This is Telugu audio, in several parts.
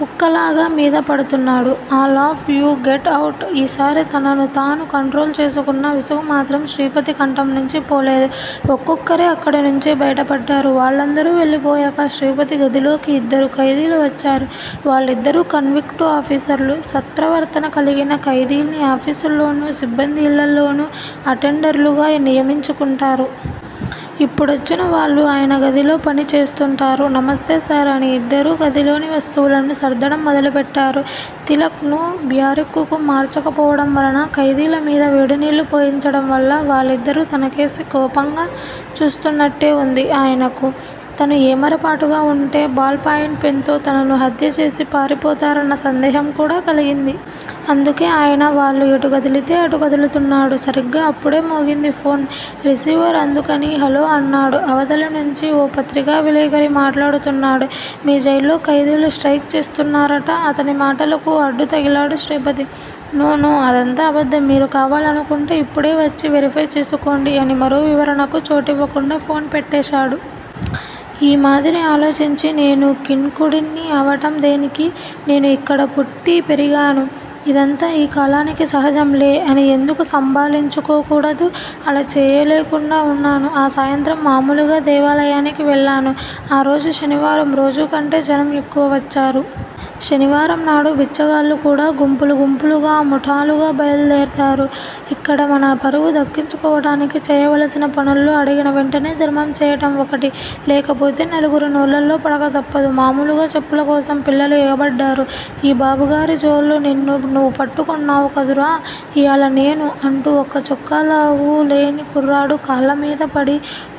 కుక్కలాగా మీద పడుతున్నాడు. All of you get out ఈసారి తనను తాను కంట్రోల్ చేసుకున్న విసుగు మాత్రం శ్రీపతి కంఠం నుంచి పోలేదు. ఒక్కొక్కరే అక్కడినుంచి బయటపడ్డారు. వాళ్ళందరూ వెళ్ళిపోయాక శ్రీపతి గదిలోకి ఇద్దరు ఖైదీలు వచ్చారు. వాళ్ళిద్దరూ కన్విక్టు ఆఫీసర్లు. సత్ప్రవర్తన కలిగిన ఖైదీల్ని ఆఫీసుల్లోనూ, సిబ్బంది ఇళ్ళలోనూ అటెండర్లు గా నియమించుకుంటారు. ఇప్పుడొచ్చిన వాళ్ళు ఆయన గదిలో పని చేస్తుంటారు. నమస్తే సార్ అని ఇద్దరూ గదిలోని వస్తువులను సర్దడం మొదలుపెట్టారు. తిలక్ ను బ్యారెక్కుకు మార్చకపోవడం వలన, ఖైదీల మీద వేడినీళ్ళు పోయించడం వల్ల వాళ్ళిద్దరూ తనకేసి కోపంగా చూస్తున్నట్టే వుంది. ఆయనకు. తను ఏమరపాటుగా వుంటే బాల్ పాయింట్ పెన్ తో తనను హత్యచేసి పారిపోతారన్న సందేహం కూడా కలిగింది. అందుకే ఆయన వాళ్ళు ఎటు కదిలితే అటు కదులుతున్నాడు. సరిగ్గా అప్పుడే మోగింది ఫోన్. రిసీవర్ అందుకుని హలో అన్నాడు. అవతలి నుంచి ఓ పత్రికా విలేఖరి మాట్లాడుతున్నాడు మీ జైల్లో ఖైదీలు స్ట్రయిక్ చేస్తున్నారట అతని మాటలకు అడ్డు తగిలాడు శ్రీపతి. నో నో అదంతా అబద్ధం మీరు కావాలనుకుంటే ఇప్పుడే వచ్చి వెరిఫై చేసుకోండి అని మరో వివరణకు చోటివ్వకుండా ఫోన్ పెట్టేశాడు. ఈ మాదిరి ఆలోచించి నేను ఖిన్నుడ్ని అవటం దేనికి? నేను ఇక్కడ పుట్టి పెరిగాను. ఇదంతా ఈ కాలానికి సహజంలే, అని ఎందుకు సంభాళించుకో కూడదు? అలా చేయలేకుండా వున్నాను. ఆ సాయంత్రం మామూలుగా దేవాలయానికి వెళ్ళాను. ఆ రోజు శనివారం రోజూకంటే జనం ఎక్కువ వచ్చారు. శనివారం నాడు బిచ్చగాళ్ళు కూడా గుంపులు గుంపులుగా, ముఠాలుగా బయల్దేరతారు. యిక్కడ మన పరువు దక్కించుకోవటానికి చేయవలసిన పనుల్లో అడిగిన వెంటనే ధర్మం చేయటం ఒకటి. లేకపోతే నలుగురి నోళ్లలో పడక తప్పదు. మామూలుగా చెప్పుల కోసం పిల్లలు ఎగబడ్డారు. 'ఈ బాబుగారి జోళ్ళు నిన్న నువ్వు పట్టుకొన్నావు కదురా, ఇయాల నేను' అంటూ ఒక చొక్కా లాగు లేని కుర్రాడు కాళ్ళమీదపడి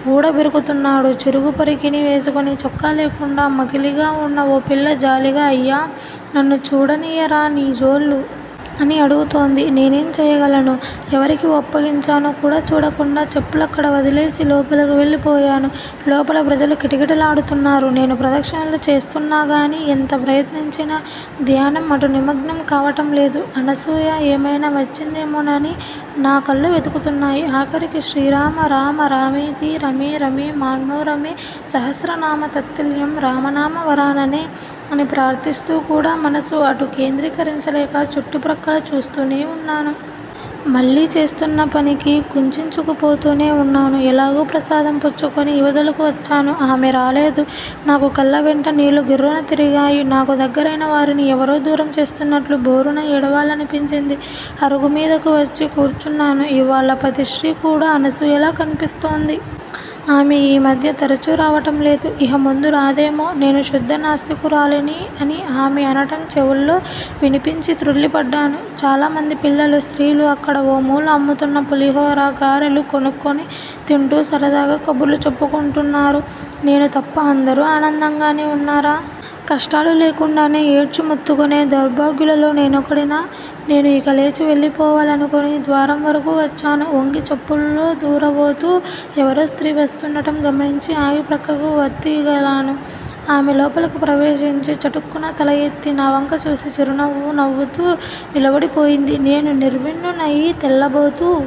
వూడబెరుకుతున్నాడు చిరుగు పరికిణీ వేసుకుని చొక్కాలేకుండా మకిలిగా వున్న ఓ పిల్ల జాలిగా 'అయ్యా, నన్ను చూడనియ్యరా నీ జోళ్ళు? ' అని అడుగుతోంది. నేనేం చేయగలను? ఎవరికి ఒప్పగించానో కూడా చూడకుండా చెప్పులక్కడ వదిలేసి లోపలకు వెళ్ళి పోయాను. లోపల ప్రజలు కిటకిటలాడుతున్నారు. నేను ప్రదక్షిణలు చేస్తున్నాగాని ఎంత ప్రయత్నించినా ధ్యానం అటు నిమగ్నం కావటంలేదు. అనసూయ యేమైనా వచ్చిందేమోనని నా కళ్ళు వెతుకుతున్నాయి. ఆఖరికి 'శ్రీ రామ రామ రామేతి రమే రమే మనోరమే సహస్రనామ తత్తుల్యం రామ నామ వరాననే' అని ప్రార్ధిస్తూ కూడా మనసు అటు కేంద్రీకరించలేక చుట్టు ప్రక్కల చూస్తూనే వున్నాను. మళ్ళీ చేస్తున్నపనికి కుచించుకుపోతూనే వున్నాను. ఎలాగో ప్రసాదం పుచ్చుకొని ఇవతలకు వచ్చాను. ఆమె రాలేదు. నాకు కళ్ళవెంట నీళ్ళు గిర్రున తిరిగాయి. నాకు దగ్గరైన వారిని ఎవరో దూరం చేసినట్లు భోరున ఏడవాలనిపించింది. అరుగు మీదకు వచ్చి కూర్చున్నాను. ఇవ్వాళ ప్రతిశ్రీ కూడ అనసూయలా కన్పిస్తోంది. ఆమె ఈ మధ్య తరచు రావటంలేదు, ఇహ ముందు రాదేమో నేను శుద్ద నాస్తికురాలిని అని ఆమె అనటం చెవుల్లో వినిపించి త్రుళ్ళి పడ్డాను. చాలామంది పిల్లలు, స్త్రీలు అక్కడ ఓ మూల అమ్ముతున్న పులిహార, గారెలు కొనుక్కొని తింటూ సరదాగా కబుర్లు చెప్పుకొంటున్నారు. నేను తప్ప అందరూ ఆనందంగానే వున్నారా? కష్టాలు లేకుండానే ఏడ్చి మొత్తుకొనే దౌర్భాగ్యులలో నేనొకడినా? నేను యిక లేచి వెళ్ళిపోవాలనుకొని ద్వారం వరకూ వచ్చాను. ఒంగి చెప్పుల్లో దూర బోతూ ఎవరో స్త్రీ వస్తూండటం గమనించి ఆగి ప్రక్కకు వత్తిగిలాను. ఆమె లోపలకు ప్రవేశించి చటుక్కున తలయెత్తి నావంక చూసి చిరునవ్వు నవ్వుతూ నిలబడిపోయింది. నేను నిర్విన్నున్నయి తెల్లబోతూ